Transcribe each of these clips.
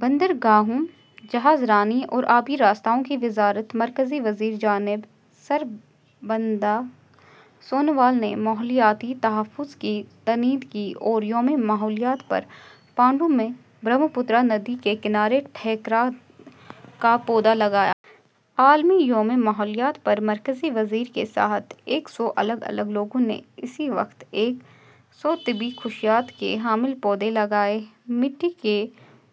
بندرگاہوں، جہاز رانی اور آبی راستوں کی وزارت مرکزی وزیر جناب سربانند سونووال نے ماحولیاتی تحفظ کی تائید کی اور یوم ماحولیات پر پانڈو میں برہمپترا ندی کے کنارے ٹھیکرا کا پودا لگایا۔ عالمی یوم ماحولیات پر مرکزی وزیر کے ساتھ ایک سو الگ الگ لوگوں نے اسی وقت ایک سو طبی خصوصیات کے حامل پودے لگائے۔ مٹی کے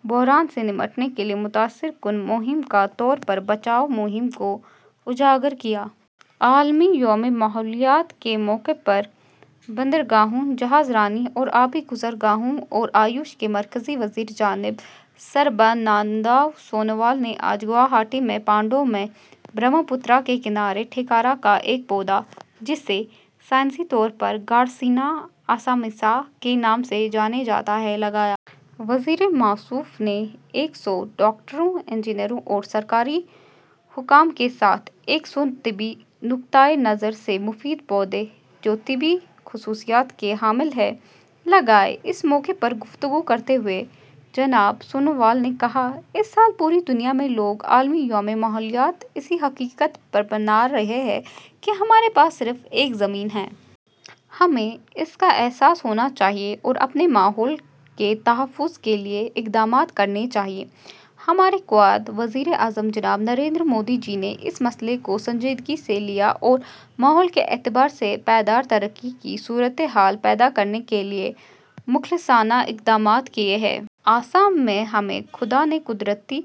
بحران سے نمٹنے کے لیے متاثر کن مہم کے طور پر بچاؤ مہم کو اجاگر کیا۔ عالمی یوم ماحولیات کے موقع پر بندرگاہوں، جہاز رانی و آبی گزرگاہوں اور آیوش کے مرکزی وزیر جناب سربانند سونووال نے آج گوہاٹی میں پانڈو میں برہمپترا کے کنارے ٹھیکرا کا ایک پودا، جسے سائنسی طور پر گارسینیا اسامیکا کے نام سے جانا جاتا ہے، لگایا۔ وزیر موصوف نے ایک سو ڈاکٹروں، انجینئروں اور سرکاری حکام کے ساتھ ایک سو طبی نقطۂ نظر سے مفید پودے، جو طبی خصوصیات کے حامل ہیں، لگائے۔ اس موقع پر گفتگو کرتے ہوئے جناب سونووال نے کہا: "اس سال پوری دنیا میں لوگ عالمی یوم ماحولیات اس حقیقت پر منا رہے ہیں کہ ہمارے پاس صرف ایک زمین ہے۔ ہمیں اس کا احساس ہونا چاہیے اور اپنے ماحول کے تحفظ کے لیے اقدامات کرنے چاہئیں۔ ہمارے قائد وزیر اعظم جناب نریندر مودی جی نے اس مسئلے کو سنجیدگی سے لیا ہے اور ماحول کے اعتبار سے پائیدار ترقی کی صورتحال پیدا کرنے کے لیے مخلصانہ اقدامات کیے ہیں۔ آسام میں ہمیں خدا نے قدرتی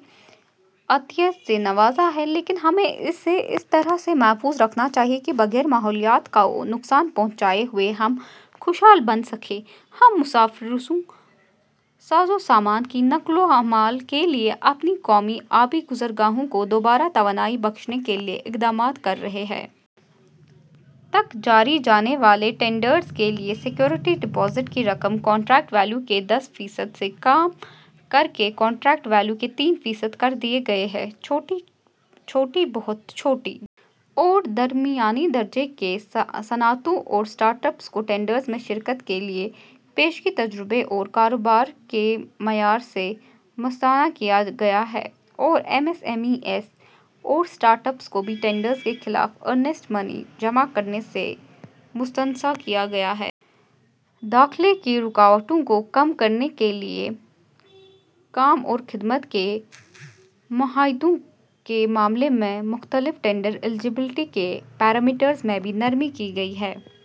عطیہ سے نوازا ہے۔ لیکن ہمیں اسے اس طرح سے محفوظ رکھنا چاہیے کہ بغیر ماحولیات کو نقصان پہنچائے ہوئے ہم خوشحال بن سکیں۔ ہم مسافروں، سازوسامان کی نقل و حمل کے لیے اپنی قومی آبی گزرگاہوں کو دوبارہ توانائی بخشنے کے لیے اقدامات کر رہے ہیں۔ تک جاری کیے جانے والے ٹینڈرز کے لیے سیکیورٹی ڈپازٹ کی رقم کنٹریکٹ ویلیو کے دس فیصد سے کم کر کے کنٹریکٹ ویلیو کے تین فیصد کر دی گئی ہے۔ چھوٹی، بہت چھوٹی اور درمیانی درجے کی صنعتوں اور اسٹارٹ اپس کو ٹینڈرز میں شرکت کے لیے پیشگی تجربے اور کاروبار کے معیار سے مستثنیٰ کیا گیا ہے، اور ایم ایس ایم ای اور اسٹارٹ اپس کو بھی ٹینڈرز کے خلاف ارنسٹ منی جمع کرانے سے مستثنیٰ کیا گیا ہے۔ داخلے کی رکاوٹوں کو کم کرنے کے لیے کام اور خدمات کے معاہدوں کے معاملے میں مختلف ٹینڈر اہلیت کے پیرامیٹرز میں بھی نرمی کی گئی ہے۔